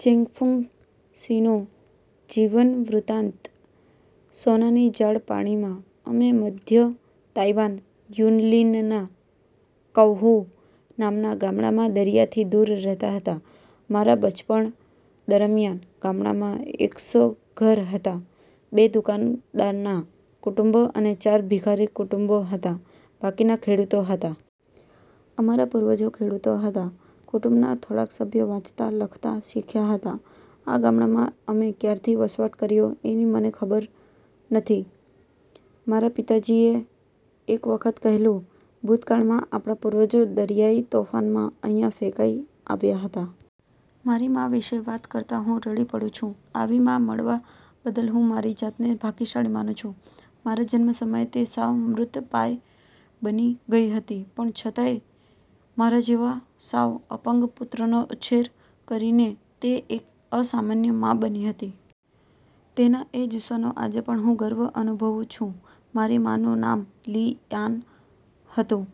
ચેંગ-ફુંગ-સીનો જીવનવૃતાંત: સોનાની જાળ પાણીમાં: અમે મધ્ય તાઈવાન યુનલીનનાં કૌહુ નામના ગામડામાં દરિયાથી દૂર રહેતા હતાં. મારા બચપણ દરમિયાન ગામડામાં એકસો ઘર હતાં. બે દુકાનદારનાં કુટુંબો અને ચાર ભિખારી કુટુંબો હતાં. બાકીના ખેડૂતો હતા. અમારા પૂર્વજો ખેડૂતો હતા. કુટુંબના થોડાક સભ્યો વાંચતા લખતા શીખ્યા હતા. આ ગામડામાં અમે કયારથી વસવાટ કર્યોં એની મને ખબર નથી. મારા પિતાજીએ એક વખત કહેલું, ''ભૂતકાળમાં આપણા પૂર્વંજો દરિયાઇ તોફાનમાં અહિંયા ફેંકાઇ આવ્યા હતા.'' મારી માં વિષે વાત કરતા હું રડી પડું છું. આવી માં મળવા બદલ હું મારી જાતને ભાગ્યશાળી માનું છું. મારા જન્મ સમયે તે સાવ મૃતઃપાય બની ગઈ હતી, પણ છતાંય મારા જેવા સાવ અપંગ પુત્રનો ઉછેર કરીને તે એક અસામાન્ય માં બની હતી. તેના એ જુસ્સાનો આજે પણ હું ગર્વ અનુભવું છું. મારી માં નું નામ લી યાન હતું.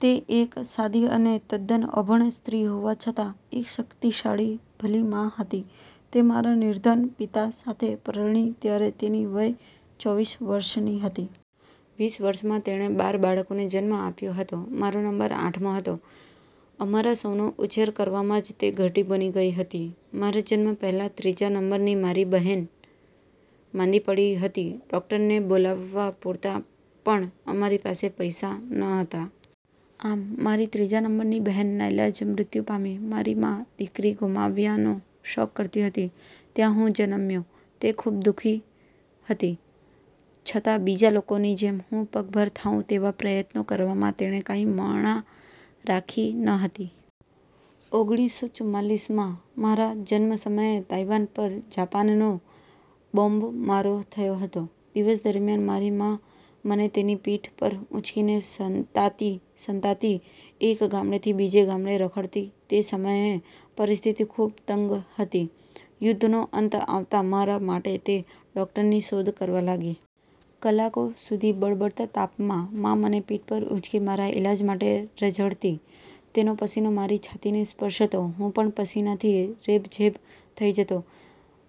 તે એક સાદી અને તદ્દન અભણ સ્ત્રી હોવા છતાં એક શક્તિશાળી ભલી માં હતી. તે મારા નિર્ધન પિતા સાથે પરણી ત્યારે તેની વય ચોવીસ વર્ષની હતી. વીસ વર્ષંમાં તેણે બાર બાળકોને જન્મ આપ્યો હતો. મારો નંબર આઠમો હતો. અમારા સૌનો ઉછેર કરવામાં જ તે ઘરડી બની ગઈ હતી. મારા જન્મ પહેલાં ત્રીજા નંબરની મારી બહેન માંદી પડી હતી. ડૉક્ટરને બોલાવવા પૂરતા પણ અમારી પાસે પૈસા ન હતા. આમ મારી ત્રીજા નંબરની બહેન નાઈલાજ મૃત્યુ પામી. મારી માં દીકરી ગુમાવ્યાનો શોક કરતી હતી ત્યાં હું જન્મ્યો. તે ખૂબ દુઃખી હતી, છતાં બીજા લોકોની જેમ હું પગભર થાઉં તેવા પ્રયત્નો કરવામાં તેણે કાંઈ મણા રાખી ન હતી. ઓગણીસો ચુમ્માંલીસમા મારા જન્મ સમયે તાઈવાન પર જાપાનનો બોમ્બમારો થતો હતો. દિવસ દરમિયાન મારી માં મને તેની પીઠ પર ઊંચકીને સંતાતી-સંતાતી એક ગામડેથી બીજે ગામડે રખડતી. તે સમયે પરિસ્થિતિ ખૂબ તંગ હતી. યુદ્ધનો અંત આવતાં મારા માટે તે ડૉક્ટરની શોધ કરવા લાગી. કલાકો સુધી બળબળતા તાપમા માં મને પીઠ પર ઊંચકી મારા ઇલાજ માટે રઝળતી. તેનો પસીનો મારી છાતીને સ્પર્શતો. હું પણ પસીનાથી રેબઝેબ થઇ જતો.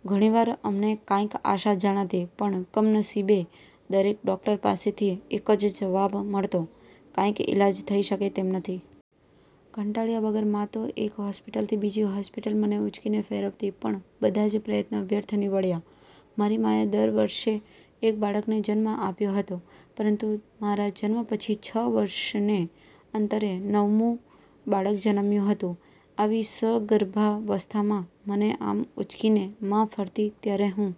ઘણીવાર અમને કાંઈક આશા જણાતી, પણ, કમનસીબે દરેક ડૉક્ટર પાસેથી એકજ જવાબ મળતો, ''કાંઈજ ઇલાજ થઈ શકે તેમ નથી.'' કંટાળ્યા વગર મા તો એક હૉસ્પિટલથી બીજી હૉસ્પિટલ મને ઊંચકીને ફેરવતી, પણ બધાજ પ્રયત્નો વ્યર્થ નિવડ્યા. મારી માએ દર વર્ષે એક બાળકને જન્મ આપ્યો હતો. પરંતુ મારા જન્મ પછી છ વર્ષને અંતરે નવમું બાળક જન્મ્યું હતું. આવી સગર્ભાવસ્થામાં મને આમ ઊંચકીને મા ફરતી ત્યારે હું